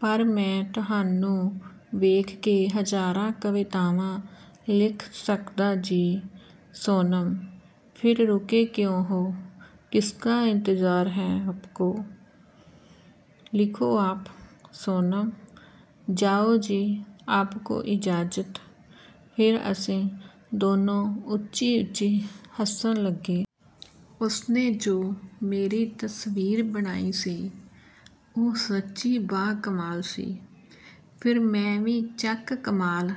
ਪਰ ਮੈਂ ਤੁਹਾਨੂੰ ਵੇਖ ਕੇ ਹਜ਼ਾਰਾਂ ਕਵਿਤਾਵਾਂ ਲਿਖ ਸਕਦਾ ਜੀ। ਸੋਨਮ: ਫਿਰ ਰੁਕੇ ਕਿਉਂ ਹੋ? ਕਿਸਕਾ ਇੰਤਜ਼ਾਰ ਹੈ ਆਪਕੋ? ਲਿਖੋ ਆਪ। ਸੋਨਮ: "ਜਾਓ ਜੀ, ਆਪਕੋ ਇਜਾਜ਼ਤ।" ਫੇਰ ਅਸੀਂ ਦੋਨੋਂ ਉੱਚੀ-ਉੱਚੀ ਹੱਸਣ ਲੱਗੇ। ਉਸਨੇ ਜੋ ਮੇਰੀ ਤਸਵੀਰ ਬਣਾਈ ਸੀ, ਉਹ ਸੱਚੀ ਬਾ-ਕਮਾਲ ਸੀ। ਫੇਰ ਮੈਂ ਵੀ ਚੱਕ ਕਮਾਲ,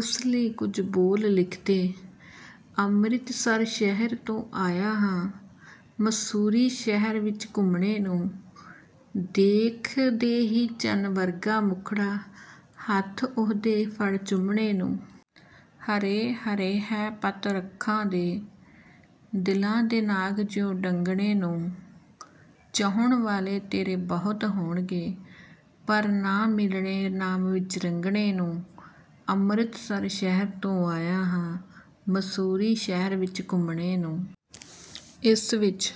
ਉਸ ਲਈ ਕੁਝ ਬੋਲ ਲਿਖਤੇ: "ਅੰਮ੍ਰਿਤਸਰ ਸ਼ਹਿਰ ਤੋਂ ਆਇਆ ਹਾਂ, ਮਸੂਰੀ ਸ਼ਹਿਰ ਵਿੱਚ ਘੁੰਮਣੇ ਨੂੰ, ਦੇਖ ਦੇ ਹੀ ਚੰਨ ਵਰਗਾ ਮੁੱਖੜਾ, ਹੱਥ ਉਹਦੇ ਫੜ ਚੁੰਮਣੇ ਨੂੰ। ਹਰੇ-ਹਰੇ ਹੈ ਪੱਤ ਰੁੱਖਾਂ ਦੇ, ਦਿਲਾਂ ਦੇ ਨਾਗ ਜਿਉਂ ਡੰਗਣੇ ਨੂੰ, ਚਾਹੁਣ ਵਾਲੇ ਤੇਰੇ ਬਹੁਤ ਹੋਣਗੇ, ਪਰ ਨਾ ਮਿਲਣੇ ਨਾਮ ਵਿੱਚ ਰੰਗਣੇ ਨੂੰ। ਅੰਮ੍ਰਿਤਸਰ ਸ਼ਹਿਰ ਤੋਂ ਆਇਆ ਹਾਂ, ਮਸੂਰੀ ਸ਼ਹਿਰ ਵਿੱਚ ਘੁੰਮਣੇ ਨੂੰ।" ਇਸ ਵਿੱਚ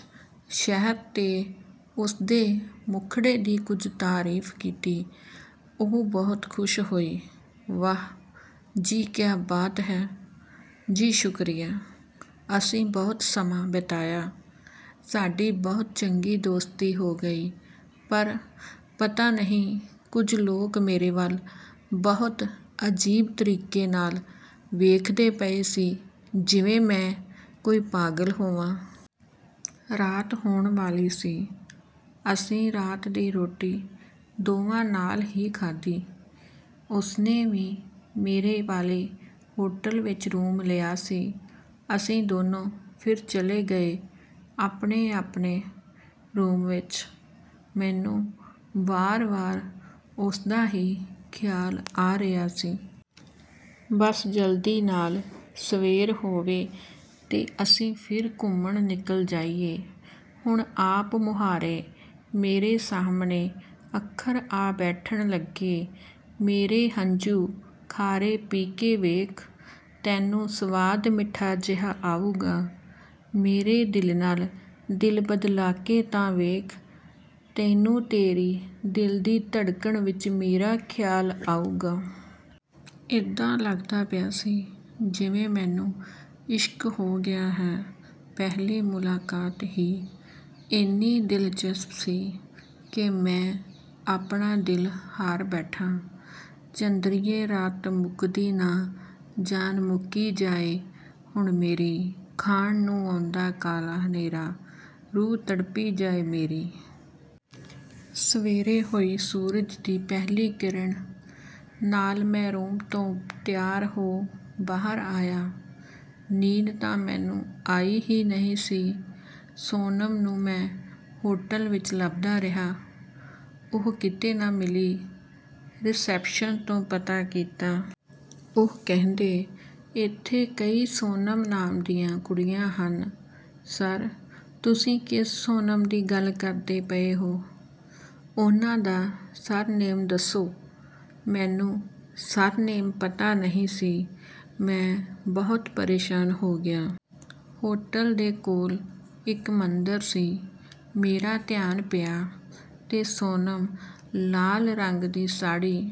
ਸ਼ਹਿਰ ਤੇ ਉਸਦੇ ਮੁੱਖੜੇ ਦੀ ਕੁਝ ਤਾਰੀਫ਼ ਕੀਤੀ। ਉਹ ਬਹੁਤ ਖੁਸ਼ ਹੋਈ। "ਵਾਅਹ! ਜੀ, ਕਿਆ ਬਾਤ ਹੈ।" "ਜੀ, ਸ਼ੁਕਰੀਆ।" ਅਸੀਂ ਬਹੁਤ ਸਮਾਂ ਬਿਤਾਇਆ, ਸਾਡੀ ਬਹੁਤ ਚੰਗੀ ਦੋਸਤੀ ਹੋ ਗਈ। ਪਰ ਪਤਾ ਨਹੀਂ ਕੁਝ ਲੋਕ ਮੇਰੇ ਵੱਲ ਬਹੁਤ ਅਜੀਬ ਤਰੀਕੇ ਨਾਲ ਵੇਖਦੇ ਪਏ ਸੀ, ਜਿਵੇਂ ਮੈਂ ਕੋਈ ਪਾਗਲ ਹੋਵਾਂ। ਰਾਤ ਹੋਣ ਵਾਲੀ ਸੀ। ਅਸੀਂ ਰਾਤ ਦੀ ਰੋਟੀ ਦੋਵਾਂ ਨਾਲ ਹੀ ਖਾਧੀ। ਉਸਨੇ ਵੀ ਮੇਰੇ ਵਾਲੇ ਹੋਟਲ ਵਿੱਚ ਰੂਮ ਲਿਆ ਸੀ। ਅਸੀਂ ਦੋਨੋਂ ਫਿਰ ਚਲੇ ਗਏ, ਆਪਣੇ-ਆਪਣੇ ਰੂਮ ਵਿੱਚ। ਮੈਨੂੰ ਵਾਰ-ਵਾਰ ਉਸਦਾ ਹੀ ਖਿਆਲ ਆ ਰਿਹਾ ਸੀ। ਬੱਸ ਜਲਦੀ ਨਾਲ ਸਵੇਰ ਹੋਵੇ ਤੇ ਅਸੀਂ ਫਿਰ ਘੁੰਮਣ ਨਿਕਲ ਜਾਈਏ। ਹੁਣ ਆਪ-ਮੁਹਾਰੇ ਮੇਰੇ ਸਾਹਮਣੇ ਅੱਖਰ ਆ ਬੈਠਣ ਲੱਗੇ। "ਮੇਰੇ ਹੰਝੂ ਖਾਰੇ ਪੀ ਕੇ ਵੇਖ, ਤੈਨੂੰ ਸਵਾਦ ਮਿੱਠਾ ਜਿਹਾ ਆਉਗਾ, ਮੇਰੇ ਦਿਲ ਨਾਲ ਦਿਲ ਬਦਲਾ ਕੇ ਤਾਂ ਵੇਖ, ਤੈਨੂੰ ਤੇਰੀ ਦਿਲ ਦੀ ਧੜਕਣ ਵਿੱਚ ਮੇਰਾ ਖਿਆਲ ਆਉਗਾ।" ਏਦਾਂ ਲੱਗਦਾ ਪਿਆ ਸੀ, ਜਿਵੇਂ ਮੈਨੂੰ ਇਸ਼ਕ ਹੋ ਗਿਆ ਹੈ। ਪਹਿਲੀ ਮੁਲਾਕਾਤ ਹੀ ਏਨੀ ਦਿਲਚਸਪ ਸੀ ਕਿ ਮੈਂ ਆਪਣਾ ਦਿਲ ਹਾਰ ਬੈਠਾਂ। "ਚੰਦਰੀ ਏ ਰਾਤ ਮੁੱਕਦੀ ਨਾ, ਜਾਨ ਮੁੱਕੀ ਜਾਏ ਹੁਣ ਮੇਰੀ। ਖਾਣ ਨੂੰ ਆਉਂਦਾ ਕਾਲਾ ਹਨੇਰਾ, ਰੂਹ ਤੜਪੀ ਜਾਏ ਮੇਰੀ।" ਸਵੇਰੇ ਹੋਈ ਸੂਰਜ ਦੀ ਪਹਿਲੀ ਕਿਰਣ ਨਾਲ ਮੈਂ ਰੂਮ ਤੋਂ ਤਿਆਰ ਹੋ ਬਾਹਰ ਆਇਆ। ਨੀਂਦ ਤਾਂ ਮੈਨੂੰ ਆਈ ਹੀ ਨਹੀਂ ਸੀ। ਸੋਨਮ ਨੂੰ ਮੈਂ ਹੋਟਲ ਵਿੱਚ ਲੱਭਦਾ ਰਿਹਾ, ਉਹ ਕਿਤੇ ਨਾ ਮਿਲੀ। ਰਿਸੈਪਸ਼ਨ ਤੋਂ ਪਤਾ ਕੀਤਾ। ਉਹ ਕਹਿੰਦੇ, "ਏਥੇ ਕਈ ਸੋਨਮ ਨਾਮ ਦੀਆਂ ਕੁੜੀਆਂ ਹਨ, ਸਰ। ਤੁਸੀਂ ਕਿਸ ਸੋਨਮ ਦੀ ਗੱਲ ਕਰਦੇ ਪਏ ਹੋ? ਉਹਨਾਂ ਦਾ ਸਰ ਨੇਮ ਦੱਸੋ।" ਮੈਨੂੰ ਸਰ ਨੇਮ ਪਤਾ ਨਹੀਂ ਸੀ। ਮੈਂ ਬਹੁਤ ਪਰੇਸ਼ਾਨ ਹੋ ਗਿਆ। ਹੋਟਲ ਦੇ ਕੋਲ ਇੱਕ ਮੰਦਰ ਸੀ। ਮੇਰਾ ਧਿਆਨ ਪਿਆ ਤੇ ਸੋਨਮ ਲਾਲ ਰੰਗ ਦੀ ਸਾੜੀ...